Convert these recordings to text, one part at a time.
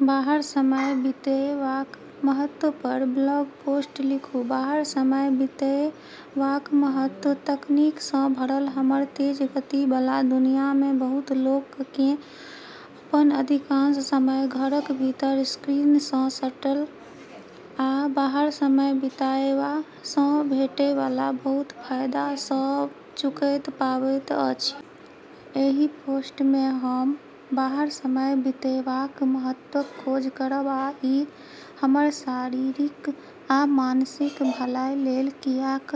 बाहर समय बिताएबाक महत्व पर ब्लॉग पोस्ट लिखू। बाहर समय बिताएबाक महत्व तकनीक सँ भरल हमर तेज गति बला दुनिया मे बहुत लोक केँ अपन अधिकांश समय घरक भीतर, स्क्रीन सँ सटल, आ बाहर समय बिताएबा सँ भेटै बला बहुत फायदा सँ चूकैत पाबैत अछि। एहि पोस्ट मे हम बाहर समय बिताएबाक महत्वक खोज करब आ ई हमर शारीरिक आ मानसिक भलाइ लेल कियाक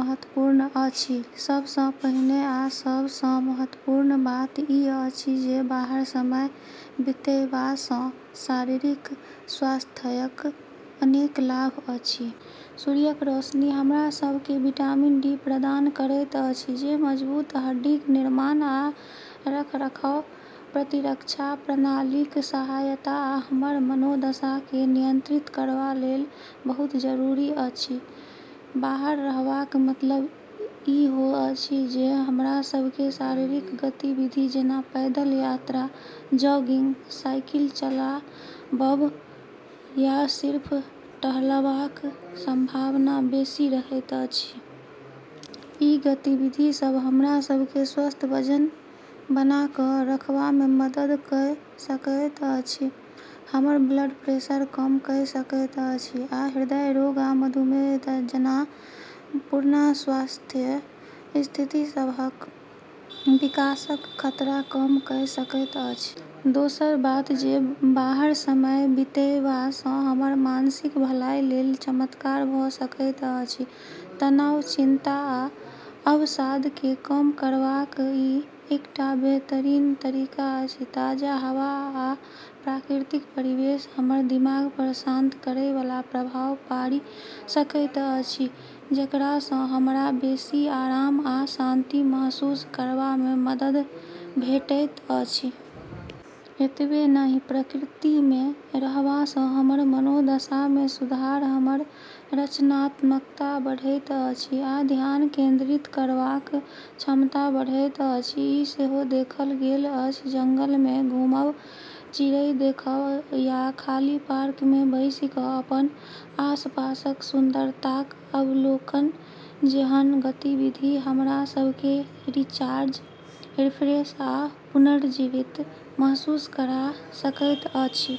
महत्वपूर्ण अछि। सब सँ पहिने आ सब सँ महत्वपूर्ण बात ई अछि जे बाहर समय बिताएबा सँ शारीरिक स्वास्थ्यक अनेक लाभ अछि। सूर्यक रोशनी हमरा सभ केँ विटामिन डी प्रदान करैत अछि, जे मजबूत हड्डीक निर्माण आ रखरखाव, प्रतिरक्षा प्रणालीक सहायता, आ हमर मनोदशा केँ नियंत्रित करबा लेल बहुत जरूरी अछि। बाहर रहबाक मतलब ई हो अछि जे हमरा सभ केँ शारीरिक गतिविधि जेना पैदल यात्रा, जॉगिंग, साइकिल चलाबब, या सिर्फ टहलबाक संभावना बेसी रहैत अछि। ई गतिविधि सभ हमरा सभ केँ स्वस्थ वजन बना कऽ रखबामे मदद कइ सकैत अछि, हमर ब्लड प्रेशर कम कइ सकैत अछि, आ हृदय रोग आ मधुमेह जेना पुरना स्वास्थ्य स्थिति सभक विकासक खतरा कम कइ सकैत अछि। दोसर बात जे बाहर समय बिताएबा सँ हमर मानसिक भलाइ लेल चमत्कार भऽ सकैत अछि। तनाव, चिंता आ अवसाद केँ कम करबाक ई एकटा बेहतरीन तरीका अछि। ताज़ा हवा आ प्राकृतिक परिवेश हमर दिमाग पर शांत करै बला प्रभाव पाड़ि सकैत अछि, जेकरा सँ हमरा बेसी आराम आ शांति महसूस करबामे मदद भेटैत अछि। एतबे नहि, प्रकृति मे रहबा सँ हमर मनोदशा मे सुधार, हमर रचनात्मकता बढ़ैत अछि, आ ध्यान केंद्रित करबाक क्षमता बढ़ैत अछि, ई सेहो देखल गेल अछि। जंगल मे घुमब, चिड़ै देखब, या खाली पार्क मे बैसि कऽ अपन आसपासक सुंदरताक अवलोकन जेहन गतिविधि हमरा सभ केँ रिचार्ज, रिफ्रेश आ पुनर्जीवित महसूस करा सकैत अछि।